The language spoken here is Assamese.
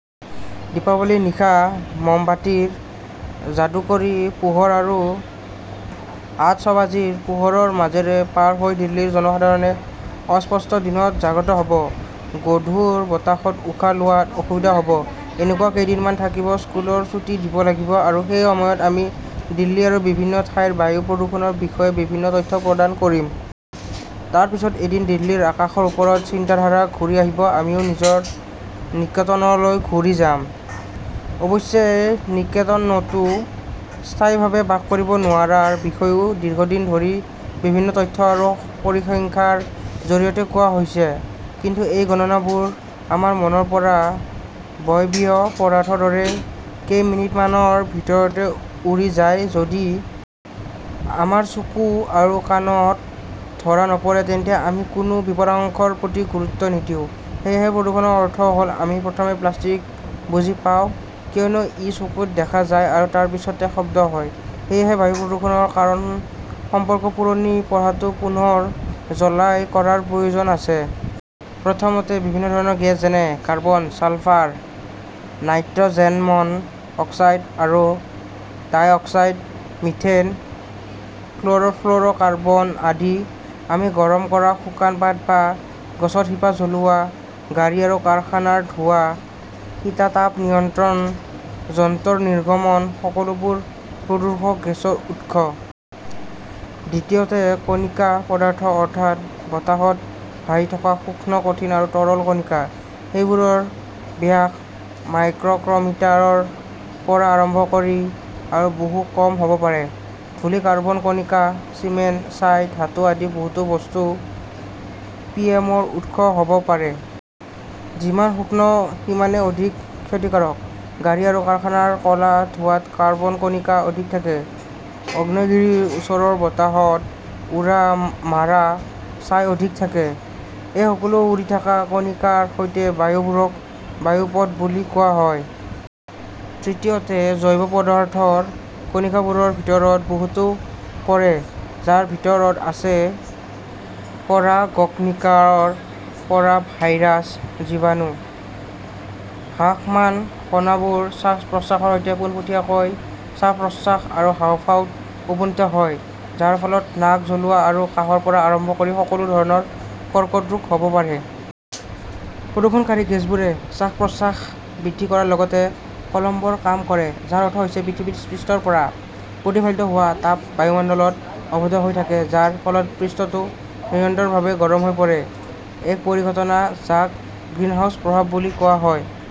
দীপাৱলীৰ নিশা মমবাতিৰ যাদুকৰী পোহৰ আৰু আতচবাজীৰ পোহৰৰ মাজেৰে পাৰ হৈ দিল্লীৰ জনসাধাৰণে অস্পষ্ট দিনত জাগ্ৰত হ'ব, গধুৰ বতাহত উশাহ লোৱাত অসুবিধা হ' ব। এনেকুৱা কেইদিনমান থাকিব, স্কুলৰ ছুটী দিব লাগিব, আৰু সেই সময়ত আমি দিল্লী আৰু বিভিন্ন ঠাইৰ বায়ু প্ৰদূষণৰ বিষয়ে বিভিন্ন তথ্য প্ৰদান কৰিম। তাৰ পিছত এদিন দিল্লীৰ আকাশৰ ওপৰত চিন্তাধাৰা ঘূৰি আহিব, আমিও নিজৰ নিকেতনলৈ ঘূৰি যাম। অৱশ্যে, নিকেতনতো স্থায়ীভাৱে বাস কৰিব নোৱাৰাৰ বিষয়েও দীৰ্ঘদিন ধৰি বিভিন্ন তথ্য আৰু পৰিসংখ্যাৰ জৰিয়তে কোৱা হৈছে। কিন্তু এই গণনাবোৰ আমাৰ মনৰ পৰা বয়বীয় পদাৰ্থৰ দৰে কেইমিনিটমানৰ ভিতৰতে উৰি যায়। যদি আমাৰ চকু আৰু কাণত ধৰা নপৰে তেন্তে আমি কোনো বিপদাশংকৰ প্ৰতি গুৰুত্ব নিদিওঁ। সেয়েহে প্ৰদূষণৰ অৰ্থ হ'ল আমি প্ৰথমে প্লাষ্টিক বুজি পাওঁ, কিয়নো ই চকুত দেখা যায়, আৰু তাৰ পিছতে শব্দ হয়। সেয়েহে বায়ু প্ৰদূষণৰ কাৰণ সম্পৰ্ক পুৰণি পঢ়াটো পুনৰ ঝলাই কৰাৰ প্ৰয়োজন আছে। প্ৰথমতে, বিভিন্ন ধৰণৰ গেছ যেনে কাৰ্বন, ছালফাৰ, নাইট্ৰজেনমন' অক্সাইড আৰু ডাই-অক্সাইড, মিথেন, ক্লৰ'ফ্লৰ'কাৰ্বন আদি। আমি গৰম কৰা, শুকান পাত বা গছৰ শিপা জ্বলোৱা, গাড়ী আৰু কাৰখানাৰ ধোঁৱা, শীতাতাপ নিয়ন্ত্ৰণ যন্ত্ৰৰ নিৰ্গমন সকলোবোৰ প্ৰদূষক গেছৰ উৎস। দ্বিতীয়তে, কণিকা পদাৰ্থ -অৰ্থাৎ বতাহত ভাহি থকা সূক্ষ্ম কঠিন আৰু তৰল কণিকা। সেইবোৰৰ ব্যাস মাইক্ৰ'ক্ৰমিটাৰ ৰ পৰা আৰম্ভ কৰি আৰু বহু কম হ'ব পাৰে। ধূলি, কাৰ্বন কণিকা, চিমেণ্ট, ছাই, ধাতু আদি বহুতো বস্তু পিএমৰ উৎস হ 'ব পাৰে। যিমান সূখন্ সিমানেই অধিক ক্ষতিকাৰক। গাড়ী আৰু কাৰখানাৰ ক 'লা ধোঁৱাত কাৰ্বন-কণিকা অধিক থাকে, অগ্নেয়গিৰিৰ ওচৰৰ বতাহত উৰা মাৰা ছাই অধিক থাকে। এই সকলো উৰি থকা কণিকাৰ সৈতে বায়ুবোৰক বায়ুপথ বুলি কোৱা হয়। তৃতীয়তে, জৈৱ পদাৰ্থৰ কণিকাবোৰৰ ভিতৰত বহুতো পৰে যাৰ ভিতৰত আছে পৰাগ অগ্নিকাৰৰ পৰা ভাইৰাছ, জীৱাণু। ভাসমান কণাবোৰ শ্বাস-প্ৰশ্বাসৰ সৈতে পোনপটীয়াকৈ শ্বাস-প্ৰশ্বাস আৰু হাঁওফাঁওত উপনীত হয়, যাৰ ফলত নাক জ্বলোৱা আৰু কাহৰ পৰা আৰম্ভ কৰি সকলো ধৰণৰ কৰ্কট ৰোগ হ'ব পাৰে। প্ৰদূষণকাৰী গেছবোৰে শ্বাস-প্ৰশ্বাস বৃদ্ধি কৰাৰ লগতে কলম্বৰ কাম কৰে, যাৰ অৰ্থ হৈছে পৃথিৱীৰ পৃষ্ঠৰ পৰা প্ৰতিফলিত হোৱা তাপ বায়ুমণ্ডলত আবদ্ধ হৈ থাকে, যাৰ ফলত পৃষ্ঠটো নিৰন্তৰভাৱে গৰম হৈ পৰে, এক পৰিঘটনা যাক 'গ্ৰীণহাউছ প্ৰভাৱ' বুলি কোৱা হয় ।